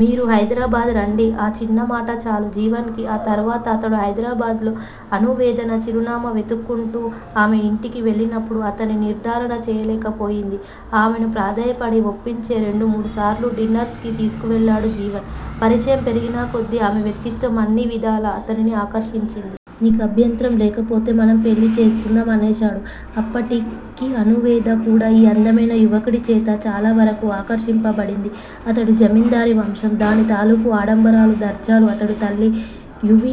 మీరు హైదరాబాద్ రండి. ఆ చిన్న మాట చాలు జీవన్ కి ఆ తరువాత అతడు హైదరాబాద్ లో అణువేద చిరునామా వెతుక్కుంటూ ఆమె ఇంటికి వెళ్ళినప్పుడు అతనిని నిర్ధారణ చేయలేకపోయింది. ఆమెని ప్రాధేయపడి వొప్పించే రెండు మూడుసార్లు డిన్నర్సుకి తీసుకెళ్ళాడు జీవన్. పరిచయం పెరిగిన కొద్ది ఆమె వ్యక్తిత్వం అన్నీ విధాలా అతనిని ఆకర్షించింది. నీకభ్యంతరం లేకపోతే మనం పెళ్ళి చేసుకుందాం! అనేశాడు. అప్పటికి అనువేద కూడా ఈ అందమైన యువకుడి చేత చాలా వరకు ఆకర్షింపబడింది. అతడి జమిందారీ వంశము దాని తాలూకు ఆడంబరాలు, దర్జాలు, అతడి తల్లి యివి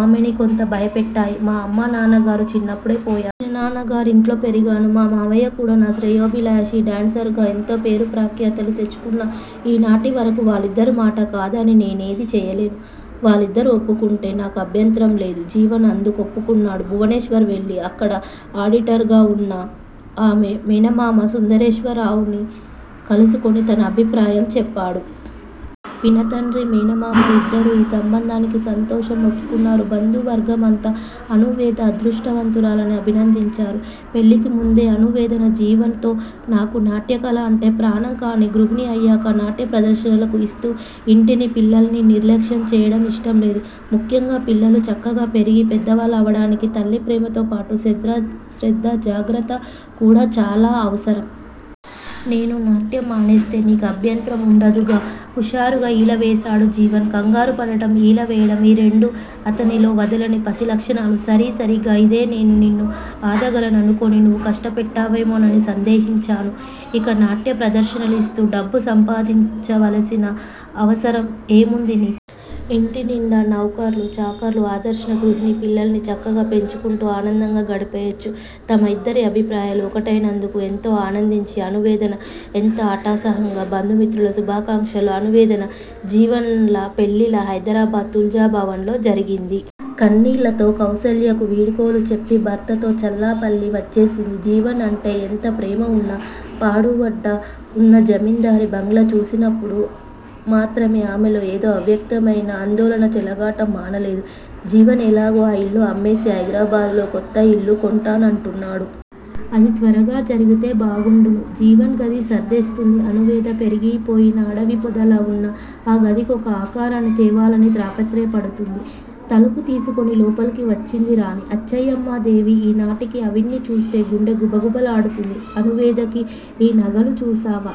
ఆమెని కొంత భయపెట్టాయి. మా అమ్మా నాన్నగారు చిన్నప్పుడే పోయారు. చిన్నాన్న గారింట్లో పెరిగాను. మా మావయ్య కూడా నా శ్రేయోభిలాషి డాన్సురుగా యింత పేరు ప్రఖ్యాతులు తెచ్చుకున్నా ఈనాటి వరకు వాళ్ళిద్దరి మాట కాదని నేనేది చెయ్యలేను. వాళ్ళిద్దరూ వొప్పుకుంటే నాకభ్యంతరం లేదు. జీవన్ అందుకొప్పుకున్నాడు. భువనేశ్వర్ వెళ్ళి అక్కడ ఆడిటర్ గా వున్న ఆమె మేనమామ సుందరేశరరావుని కలుసుకుని తన అభిప్రాయం చెప్పాడు. పినతండ్రి మేనమామ ఇద్దరూ యీ సంబంధానికి సంతోషం వొప్పుకున్నారు. బంధువర్గమంతా అణువేద అదృష్టవంతురాలని అభినందించారు. పెళ్ళికి ముందే అణువేద జీవన్ తో నాకు నాట్యకళ అంటే ప్రాణం కానీ గృహిణిని అయ్యాక నాట్యప్రదర్శనలు యిస్తూ యింటిని పిల్లల్ని నిర్లక్ష్యం చెయ్యడం ఇష్టం లేదు. ముఖ్యంగా పిల్లలు చక్కగా పెరిగి పెద్దవాళ్ళవడానికి తల్లి ప్రేమతో పాటు శ్రద్ధ, జాగ్రత్త కూడా చాలా అవసరం. నేను నాట్యం మానేస్తే నీ కభ్యంతరం వుండదుగా! హుషారుగా ఈల వేశాడు జీవన్. కంగారు పడటం, ఈల వేయడం ఈ రెండు అతనిలోని వదలని పసి లక్షణాలు. సారీ! సరిగ్గా ఇదే నేను నిన్ను ఆదాగాలనుకుని నువు కష్టపెట్టుకుంటావేమోనని సందేహించాను ఇంకా నాట్య ప్రదర్శనలిస్తూ డబ్బు సంపాదించవలసిన అవసరం ఏం వుంది నీకు? ఇంటి నిండా నౌకర్లు, చాకర్లు. ఆదర్శ గృహిణి పిల్లల్ని చక్కగా పెంచుకుంటూ ఆనందగా గడిపెయొచ్చు. తమ ఇద్దరి అభిప్రాయాలు ఒకటై నందుకు ఏంతో ఆనందించింది అణువేద. ఎంతో అట్టహాసంగా బంధు మిత్రుల శుభాకంక్షలతో అణువేద జీవన్ ల పెళ్ళి హైదరాబాద్ తుల్జా భవన్ లో జరిగింది. కన్నీళ్ళతో కౌసల్యకు వీడ్కోలు చెప్పి భర్తతో చల్లపల్లి వచ్చేసింది. జీవన్ అంటే యెంత ప్రేమ వున్నా పాడుబడ్డ వున్న జమిందారీ బంగాళా చూసినప్పుడు మాత్రమే ఆమెలో ఏదో అవ్యక్తమైన ఆందోళన చెలరేగటం మానలేదు. జీవన్ యెలాగో ఆ యిల్లు అమ్మేసి హైదరాబాద్ లో కొత్త యిల్లు కొంటానంటున్నాడు. అది త్వరగా జరిగితే బాగుండును. జీవన్ గది సర్దిస్తోంది అణువేద. పెరిగిపోయిన అడవి పొదలా వున్న ఆ గది కొక ఆకారాన్ని తేవాలని తాపత్రయపడుతోంది. తలుపు తీసుకుని లోపలికి వచ్చింది రాణి అచ్చయ్యమ్మాదేవి ఈ నాటికి ఆవిణ్ణి చూస్తే గుండె గుబగుబ లాడుతుంది అణువేదకి. ఈ నగలు చూశావా?